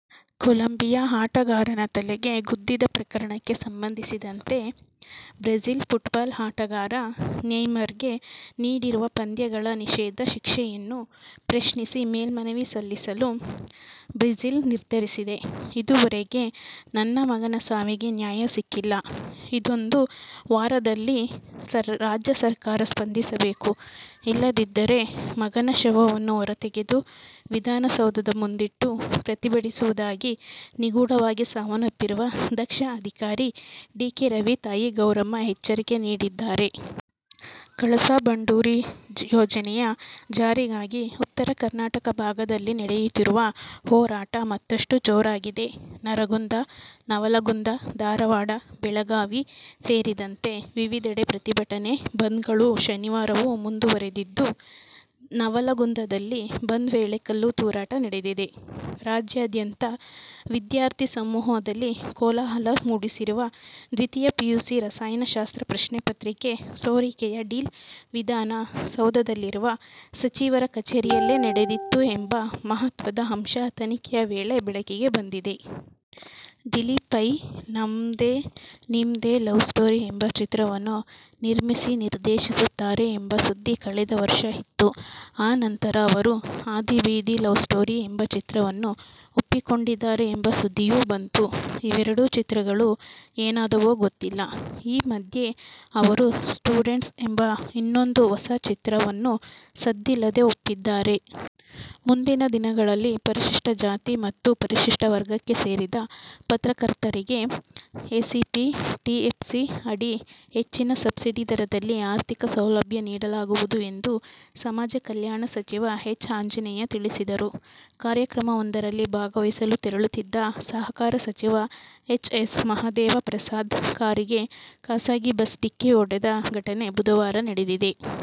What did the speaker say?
Colombia ಆಟಗಾರನ ತಲೆಗೆ ಗುದ್ದಿದ ಪ್ರಕರಣಕ್ಕೆ ಸಂಬಂಧಿಸಿದಂತೆ ಬ್ರಝಿಲ್ ಫುಟ್ಬಾಲ್ ಆಟಗಾರ ನೇಯ್ಮರ್ಗೆ ನೀಡಿರುವ ಪಂದ್ಯಗಳ ನಿಷೇಧ ಶಿಕ್ಷೆಯನ್ನು ಪ್ರಶ್ನಿಸಿ ಮೇಲ್ಮನವಿ ಸಲ್ಲಿಸಲು ಬ್ರಝಿಲ್ ನಿರ್ಧರಿಸಿದೆ. ಇದುವರೆಗೆ ನನ್ನ ಮಗನ ಸಾವಿಗೆ ನ್ಯಾಯ ಸಿಕ್ಕಿಲ್ಲ. ಇನ್ನೊಂದು ವಾರದಲ್ಲಿ ರಾಜ್ಯ ಸರ್ಕಾರ ಸ್ಪಂದಿಸಬೇಕು. ಇಲ್ಲದಿದ್ದರೆ ಮಗನ ಶವವನ್ನು ಹೊರತೆಗೆದು ವಿಧಾನಸೌಧದ ಮುಂದಿಟ್ಟು ಪ್ರತಿಭಟಿಸುವುದಾಗಿ ನಿಗೂಢವಾಗಿ ಸಾವನ್ನಪ್ಪಿರುವ ದಕ್ಷ ಅಧಿಕಾರಿ ಡಿಕೆ ರವಿ ತಾಯಿ ಗೌರಮ್ಮ ಎಚ್ಚರಿಕೆ ನೀಡಿದ್ದಾರೆ. ಕಳಸಾ-ಬಂಡೂರಿ ಯೋಜನೆಯ ಜಾರಿಗಾಗಿ ಉತ್ತರ ಕರ್ನಾಟಕ ಭಾಗದಲ್ಲಿ ನಡೆಯುತ್ತಿರುವ ಹೋರಾಟ ಮತ್ತಷ್ಟು ಜೋರಾಗಿದೆ. ನರಗುಂದ, ನವಲಗುಂದ, ಧಾರವಾಡ, ಬೆಳಗಾವಿ ಸೇರಿದಂತೆ ವಿವಿಧೆಡೆ ಪ್ರತಿಭಟನೆ, ಬಂದ್ಗಳು ಶನಿವಾರವೂ ಮುಂದುವರಿದಿದ್ದು, ನವಲಗುಂದದಲ್ಲಿ ಬಂದ್ ವೇಳೆ ಕಲ್ಲು ತೂರಾಟ ನಡೆದಿದೆ. ರಾಜ್ಯಾದ್ಯಂತ ವಿದ್ಯಾರ್ಥಿ ಸಮೂಹದಲ್ಲಿ ಕೋಲಾಹಲ ಮೂಡಿಸಿರುವ ದ್ವಿತೀಯ ಪಿಯುಸಿ ರಸಾಯನಶಾಸ್ತ್ರ ಪ್ರಶ್ನೆ ಪತ್ರಿಕೆ ಸೋರಿಕೆಯ ಡೀಲ್ ವಿಧಾನ ಸೌಧದಲ್ಲಿರುವ ಸಚಿವರ ಕಚೇರಿಯಲ್ಲೇ ನಡೆದಿತ್ತು ಎಂಬ ಮಹತ್ವದ ಅಂಶ ತನಿಖೆಯ ವೇಳೆ ಬೆಳಕಿಗೆ ಬಂದಿದೆ. ದಿಲೀಪ್ ಪೈ "ನಮ್ದೆ ನಿಮ್ದೆ ಲವ್ಸ್ಟೋರಿ' ಎಂಬ ಚಿತ್ರವನ್ನು ನಿರ್ಮಿಸಿ-ನಿರ್ದೇಶಿಸುತ್ತಾರೆ ಎಂಬ ಸುದ್ದಿ ಕಳೆದ ವರ್ಷ ಇತ್ತು. ಆ ನಂತರ ಅವರು "ಹಾದಿಬೀದಿ ಲವ್ಸ್ಟೋರಿ' ಎಂಬ ಚಿತ್ರವನ್ನು ಒಪ್ಪಿಕೊಂಡಿದ್ದಾರೆ ಎಂಬ ಸುದ್ದಿಯೂ ಬಂತು. ಇವೆರೆಡು ಚಿತ್ರಗಳು ಏನಾದವೋ ಗೊತ್ತಿಲ್ಲ. ಈ ಮಧ್ಯೆ ಅವರು "ಸ್ಟೂಡೆಂಟ್ಸ್' ಎಂಬ ಇನ್ನೊಂದು ಹೊಸ ಚಿತ್ರವನ್ನು ಸದ್ದಿಲ್ಲದೆ ಒಪ್ಪಿದ್ದಾರೆ. ಮುಂದಿನ ದಿನಗಳಲ್ಲಿ ಪರಿಶಿಷ್ಟ ಜಾತಿ ಮತ್ತು ಪರಿಶಿಷ್ಟ ವರ್ಗಕ್ಕೆ ಸೇರಿದ ಪತ್ರಕರ್ತರಿಗೆ ಎಸ್ಸಿಪಿ-ಟಿಎಸ್ಪಿ ಅಡಿ ಹೆಚ್ಚಿನ ಸಬ್ಸಿಡಿ ದರದಲ್ಲಿ ಆರ್ಥಿಕ ಸೌಲಭ್ಯ ನೀಡ ಲಾಗುವುದು ಎಂದು ಸಮಾಜ ಕಲ್ಯಾಣ ಸಚಿವ ಎಚ್. ಆಂಜನೇಯ ತಿಳಿಸಿದರು. ಕಾರ್ಯಕ್ರಮವೊಂದರಲ್ಲಿ ಭಾಗವಹಿಸಲು ತೆರಳುತ್ತಿದ್ದ ಸಹಕಾರ ಸಚಿವ ಎಚ್. ಎಸ್. ಮಹದೇವಪ್ರಸಾದ್ರ ಕಾರಿಗೆ ಖಾಸಗಿ ಬಸ್ ಡಿಕ್ಕಿ ಹೊಡೆದ ಘಟನೆ ಬುಧವಾರ ನಡೆದಿದೆ.